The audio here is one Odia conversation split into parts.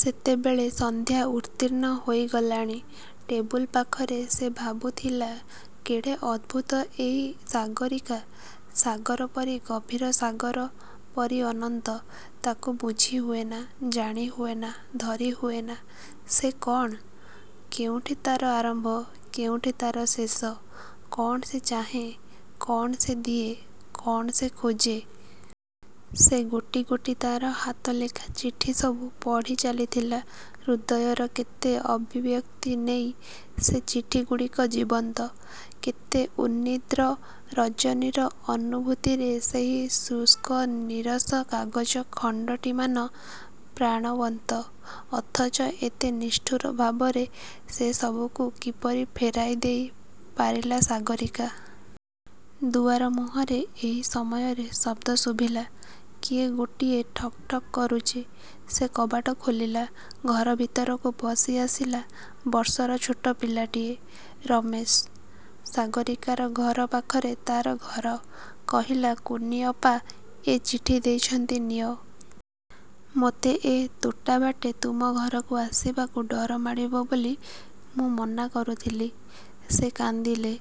ସେତେବେଳେ ସନ୍ଧ୍ୟା ଉତ୍ତୀର୍ଣ୍ଣ ହୋଇଗଲାଣି। ଟେବୁଲ୍ ପାଖରେ ସେ ଭାବୁଥିଲା କେଡ଼େ ଅଦ୍ଭୁତ ଏଇ ସାଗରୀକା; ସାଗର ପରି ଗଭୀର-ସାଗର ପରି ଅନନ୍ତ। ତାକୁ ବୁଝି ହୁଏନା-ଜାଣି ହୁଏନା-ଧରି ହୁଏନା। ସେ କ'ଣ? କେଉଁଠି ତା'ର ଆରମ୍ଭ; କେଉଁଠି ତା'ର ଶେଷ? କ'ଣ ସେ ଚାହେଁ, କ'ଣ ସେ ଦିଏ, କ'ଣ ସେ ଖୋଜେ? ସେ ଗୋଟି ଗୋଟି ତା'ର ହାତଲେଖା ଚିଠି ସବୁ ପଢ଼ି ଚାଲିଥିଲା। ହୃଦୟର କେତେ ଅଭିବ୍ୟକ୍ତି ନେଇ ସେ ଚିଠିଗୁଡ଼ିକ ଜୀବନ୍ତ। କେତେ ଉନ୍ନିଦ୍ର ରଜନୀର ଅନୁଭୂତିରେ ସେହି ଶୁଷ୍କ ନୀରସ କାଗଜ ଖଣ୍ତଟିମାନ ପ୍ରାଣବନ୍ତ; ଅଥଚ ଏତେ ନିଷ୍ଠୁର ଭାବରେ ସେସବୁକୁ କିପରି ଫେରାଇ ଦେଇ ପାରିଲା ସାଗରୀକା। ଦୁଆର ମୁହଁରେ ଏଇ ସମୟରେ ଶବ୍ଦ ଶୁଭିଲା। କିଏ ଗୋଟିଏ ଠକ୍ ଠକ୍ କରୁଛି। ସେ କବାଟ ଖୋଲିଲା। ଘର ଭିତରକୁ ପଶି ଆସିଲା ବର୍ଷର ଛୋଟ ପିଲାଟିଏ। ରମେଶ। ସାଗରୀକାର ଘର ପାଖରେ ତା'ର ଘର। କହିଲା-''କୁନି ଅପା ଏ ଚିଠି ଦେଇଛନ୍ତି ନିଅ। ମୋତେ ଏ ତୋଟାବାଟେ ତୁମ ଘରକୁ ଆସିବାକୁ ଡର ମାଡ଼ିବ ବୋଲି ମୁଁ ମନା କରୁଥିଲି। ସେ କାନ୍ଦିଲେ।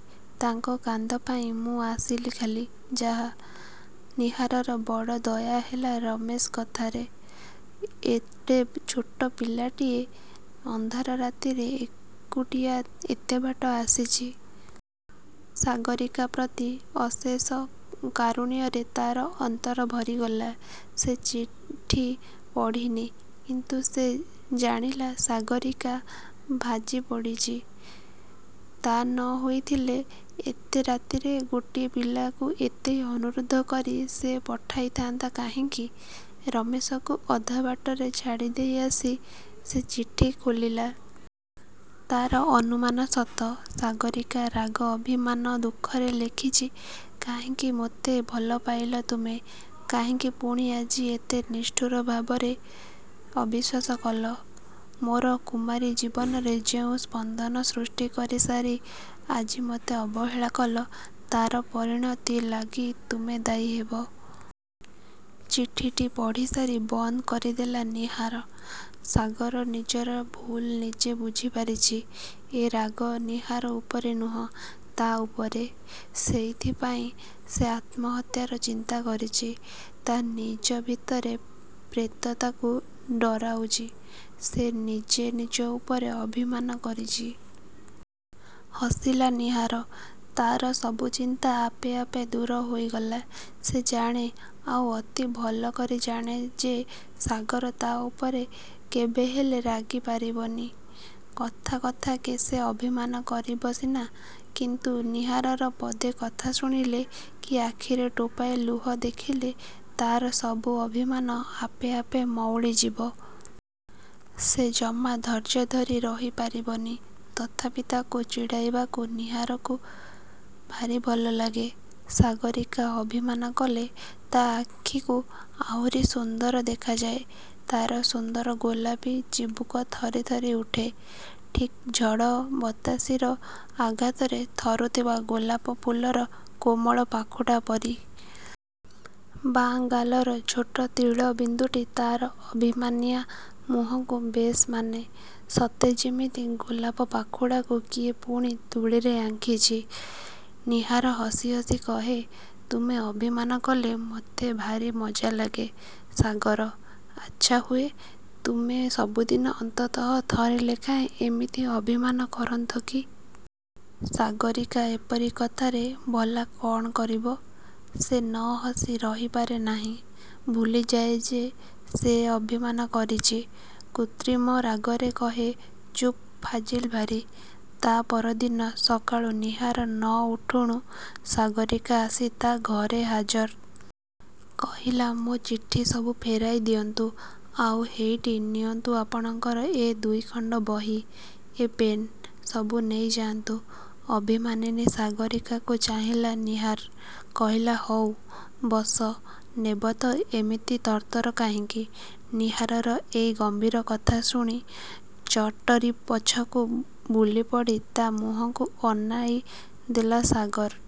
ତାଙ୍କ କାନ୍ଦ ପାଇଁ ମୁଁ ଆସିଲି ଖାଲି ଯାହା। '' ନୀହାରର ବଡ଼ ଦୟାହେଲା ରମେଶ କଥାରେ। ଏଡ଼େ ଛୋଟ ପିଲାଟିଏ, ଅନ୍ଧାର ରାତିରେ ଏକୁଟିଆ ଏତେ ବାଟ ଆସିଛି। ସାଗରୀକା ପ୍ରତି ଅଶେଷ କାରୁଣ୍ୟରେ ତା'ର ଅନ୍ତର ଭରିଗଲା। ସେ ଚିଠି ପଢ଼ିନି। କିନ୍ତୁ ସେ ଜାଣିଲା ସାଗରୀକା ଭାଜି ପଡ଼ିଛି। ତା' ନ ହୋଇଥିଲେ ଏତେ ରାତିରେ ଗୋଟିଏ ପିଲାକୁ ଏତେ ଅନୁରୋଧ କରି ସେ ପଠାଇଥାନ୍ତା କାହିଁକି। ରମେଶକୁ ଅଧା ବାଟରେ ଛାଡ଼ିଦେଇ ଆସି ସେ ଚିଠି ଖୋଲିଲା। ତା'ର ଅନୁମାନ ସତ। ସାଗରୀକା ରାଗ, ଅଭିମାନ ଦୁଃଖରେ ଲେଖିଛି-''କାହିଁକି ମୋତେ ଭଲପାଇଲ ତୁମେ? କାହିଁକି ପୁଣି ଆଜି ଏତେ ନିଷ୍ଠୁର ଭାବରେ ଅବିଶ୍ୱାସ କଲ। ମୋର କୁମାରୀ ଜୀବନରେ ଯେଉଁ ସ୍ପନ୍ଦନ ସୃଷ୍ଟି କରିସାରି ଆଜି ମୋତେ ଅବହେଳା କଲ ତା'ର ପରିଣତି ଲାଗି ତୁମେ ଦାୟୀ ହେବ। '' ଚିଠିଟି ପଢ଼ିସାରି ବନ୍ଦ କରିଦେଲା ନୀହାର। ସାଗର ନିଜର ଭୁଲ୍ ନିଜେ ବୁଝିପାରିଛି। ଏ ରାଗ ନୀହାର ଉପରେ ନୁହଁ-ତା' ଉପରେ। ସେଇଥିପାଇଁ ସେ ଆତ୍ମହତ୍ୟାର ଚିନ୍ତା କରିଛି। ତା' ନିଜ ଭିତରର ପ୍ରେତ ତାକୁ ଡରାଉଛି। ସେ ନିଜେ ନିଜ ଉପରେ ଅଭିମାନ କରିଛି। ହସିଲା ନୀହାର। ତା'ର ସବୁ ଚିନ୍ତା ଆପେ ଆପେ ଦୂର ହୋଇଗଲା। ସେ ଜାଣେ, ଆଉ ଅତି ଭଲ କରି ଜାଣେ ଯେ ସାଗର ତା' ଉପରେ କେବେହେଲେ ରାଗିପାରିବନି। କଥା କଥାକେ ସେ ଅଭିମାନ କରିବ ସିନା; କିନ୍ତୁ ନୀହାରର ପଦେ କଥା ଶୁଣିଲେ, କି ଆଖିରେ ଟୋପାଏ ଲୁହ ଦେଖିଲେ ତା'ର ସବୁ ଅଭିମାନ ଆପେ ଆପେ ମଉଳି ଯିବ। ସେ ଜମା ଧୈର୍ଯ୍ୟଧରି ରହିପାରିବନି ତଥାପି ତାକୁ ଚିଡ଼ାଇବାକୁ ନୀହାରକୁ ଭାରୀ ଭଲ ଲାଗେ। ସାଗରୀକା ଅଭିମାନ କଲେ ତା' ଆଖିକୁ ଆହୁରି ସୁନ୍ଦର ଦେଖାଯାଏ। ତା'ର ସୁନ୍ଦର ଗୋଲାପୀ ଚିବୁକ ଥରି ଥରି ଉଠେ; ଠିକ୍ ଝଡ଼ ବତାସିର ଆଘାତରେ ଥରୁଥିବା ଗୋଲାପ-ଫୁଲର କୋମଳ ପାଖୁଡ଼ା ପରି। ବାଁ ଗାଲର ଛୋଟ ତିଳ ବିନ୍ଦୁଟି ତା'ର ଅଭିମାନିଆଁ ମୁହଁକୁ ବେଶ୍ ମାନେ। ସତେ ଯେମିତି ଗୋଲାପ-ପାଖୁଡ଼ାକୁ କିଏ ପୁଣି ତୂଳୀରେ ଆଙ୍କିଛି। ନୀହାର ହସି ହସି କହେ-''ତୁମେ ଅଭିମାନ କଲେ ମୋତେ ଭାରୀ ମଜା ଲାଗେ; ସାଗର! ଇଚ୍ଛାହୁଏ ତୁମେ ସବୁଦିନ ଅନ୍ତତଃ ଥରେ ଲେଖାଏ ଏମିତି ଅଭିମାନ କରନ୍ତ କି? ସାଗରୀକା ଏପରି କଥାରେ ଭଲା କ'ଣ କରିବ? ସେ ନ ହସି ରହିପାରେ ନାହିଁ। ଭୁଲିଯାଏ ଯେ ସେ ଅଭିମାନ କରିଛି। କୃତ୍ରିମ ରାଗରେ କହେ-''ଚୁପ୍-ଫାଜିଲ୍ ଭାରୀ। '' ତା' ପର ଦିନ ସକାଳୁ ନୀହାର ନ ଉଠୁଣୁ ସାଗରୀକା ଆସି ତା' ଘରେ ହାଜର। କହିଲା-''ମୋ ଚିଠି ସବୁ ଫେରାଇ ଦିଅନ୍ତୁ; ଆଉ ହେଇଟି ନିଅନ୍ତୁ ଆପଣଙ୍କର ଏ ଦୁଇଖଣ୍ତ ବହି, ଏ ପେନ୍। ସବୁ ନେଇଯାନ୍ତୁ। '' ଅଭିମାନିନୀ ସାଗରୀକାକୁ ଚାହିଁଲା ନୀହାର। କହିଲା-''ହଉ ବସ-ନେବ ତ ଏମିତି ତରତର କାହିଁକି? '' ନୀହାରର ଏଇ ଗମ୍ଭୀର କଥା ଶୁଣି ଚଟ୍କରି ପଛକୁ ବୁଲିପଡ଼ି ତା' ମୁହଁକୁ ଅନାଇ ଦେଲା ସାଗର।